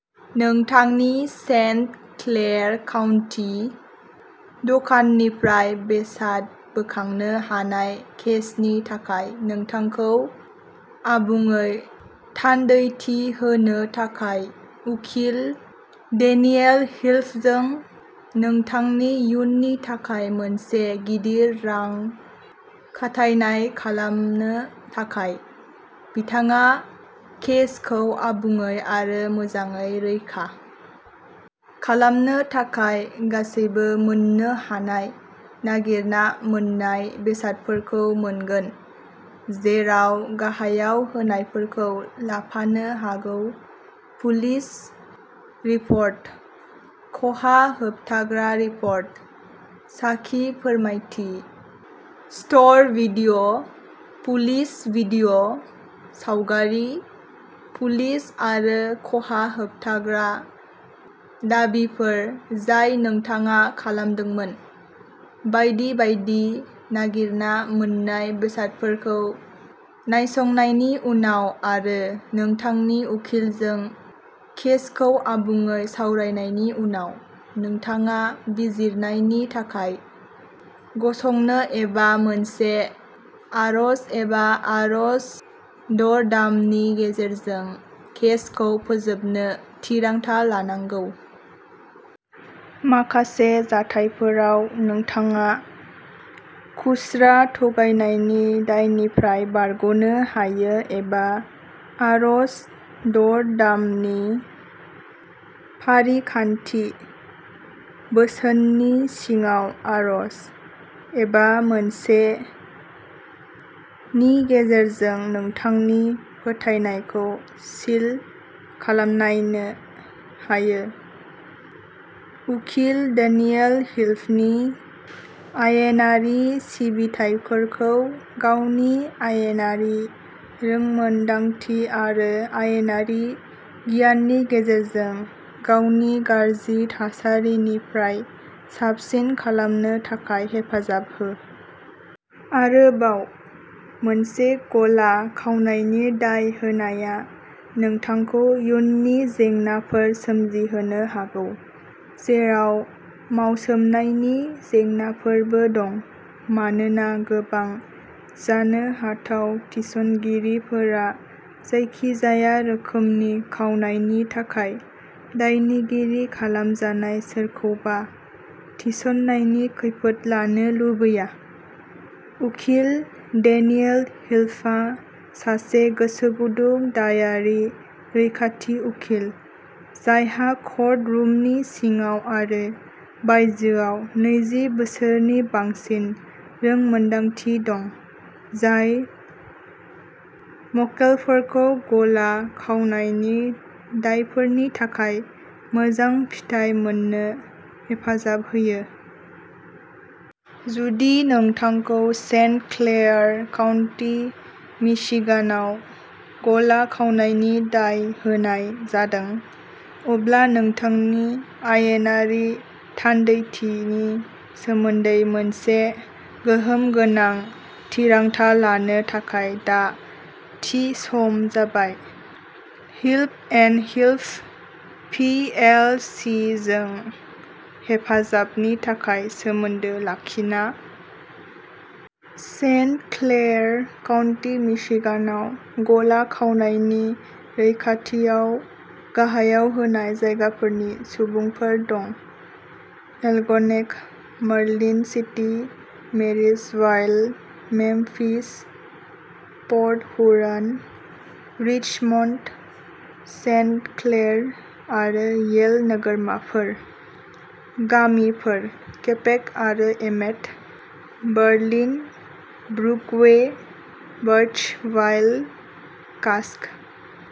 नोंथांनि Saint Clair County दखाननिफ्राय बेसाद बोखांनो हानाय केसनि थाखाय नोंथांखौ आबुङै थान्दैथि होनो थाखाय उकिल डेनियेल हिल्फजों नोंथांनि इयुननि थाखाय मोनसे गिदिर रां खाथायनाय खालामनो थाखाय, बिथाङा केसखौ आबुङै आरो मोजाङै रैखा -- खालामनो थाखाय गासैबो मोन्नो हानाय नागिरना मोन्नाय बेसादफोरखौ मोनगोन, जेराव गाहायाव होनायफोरखौ लाफानो हागौ पुलिस रिपर्ट, खहा होबथाग्रा रिपर्ट, साखि फोरमायथि, स्ट'र भिडिअ', पुलिस भिडिअ', सावगारि, पुलिस आरो खहा होबथाग्रा दाबिफोर जाय नोंथाङा खालामदोंमोन, बायदि बायदि नागिरना मोन्नाय बेसादफोरखौ नायसंनायनि उनाव आरो नोंथांनि उखिलजों केसखौ आबुङै सावरायनायनि उनाव, नोंथाङा बिजिरनायनि थाखाय गसंनो एबा मोनसे आर'ज एबा आर'ज दर-दामनि गेजेरजों केसखौ फोजोबनो थिरांथा लानांगौ। माखासे जाथायफोराव नोंथाङा खुस्रा थगायनायनि दायनिफ्राय बारग'नो हायो एबा आर'ज दर-दामनि फारिखान्थि, बोसोननि सिङाव आर'ज, एबा मोनसे नि गेजेरजों नोंथांनि फोथायनायखौ सिल खालामनो हायो। उकिल डेनियेल हिल्फनि आयेनारि सिबिथाइफोरखौ गावनि आयेनारि रोंमोनदांथि आरो आयेनारि गियाननि गेजेरजों गावनि गाज्रि थासारिनिफ्राय साबसिन खालामनो थाखाय हेफाजाब हो। आरोबाव, मोनसे गला खावनायनि दाय होनाया नोंथांखौ इयुननि जेंनाफोर सोमजिहोनो हागौ, जेराव मावसोमनायनि जेंनाफोरबो दं, मानोना गोबां जानो हाथाव थिसनगिरिफोरा जायखिजाया रोखोमनि खावनायनि थाखाय दायनिगिरि खालामजानाय सोरखौबा थिसननायनि खैफोद लानो लुबैया। उकिल डेनियेल हिल्फआ सासे गोसोगुदुं दायारि रैखाथि उखिल, जायहा कर्ट रुमनि सिङाव आरो बायजोआव नैजि बोसोरनि बांसिन रोंमोनदांथि दं, जाय मक्केलफोरखौ गला खावनायनि दायफोरनि थाखाय मोजां फिथाय मोननो हेफाजाब होयो। जुदि नोंथांखौ सेन्ट क्लेयार काउन्टि मिशिगानाव गला खावनायनि दाय होनाय जादों, अब्ला नोंथांनि आयेनारि थान्दैथिनि सोमोन्दै मोनसे गोहोम गोनां थिरांथा लानो थाखाय दा थि सम जाबाय Hilf and Hilf, P L C जों हेफाजाबनि थाखाय सोमोन्दो लाखिना -- सेन्ट क्लेयार काउन्टि मिशिगानाव गला खावनायनि रैखाथियाव गाहायाव होनाय जायगाफोरनि सुबुंफोर दं Algonac, Marine City, Marysville, Memphis, Port Huron, Richmond, Saint Clair आरो येल नोगोरमाफोर; गामिफोर केपेक आरो Emmett; Berlin, Brockway, Burtchville, Casco --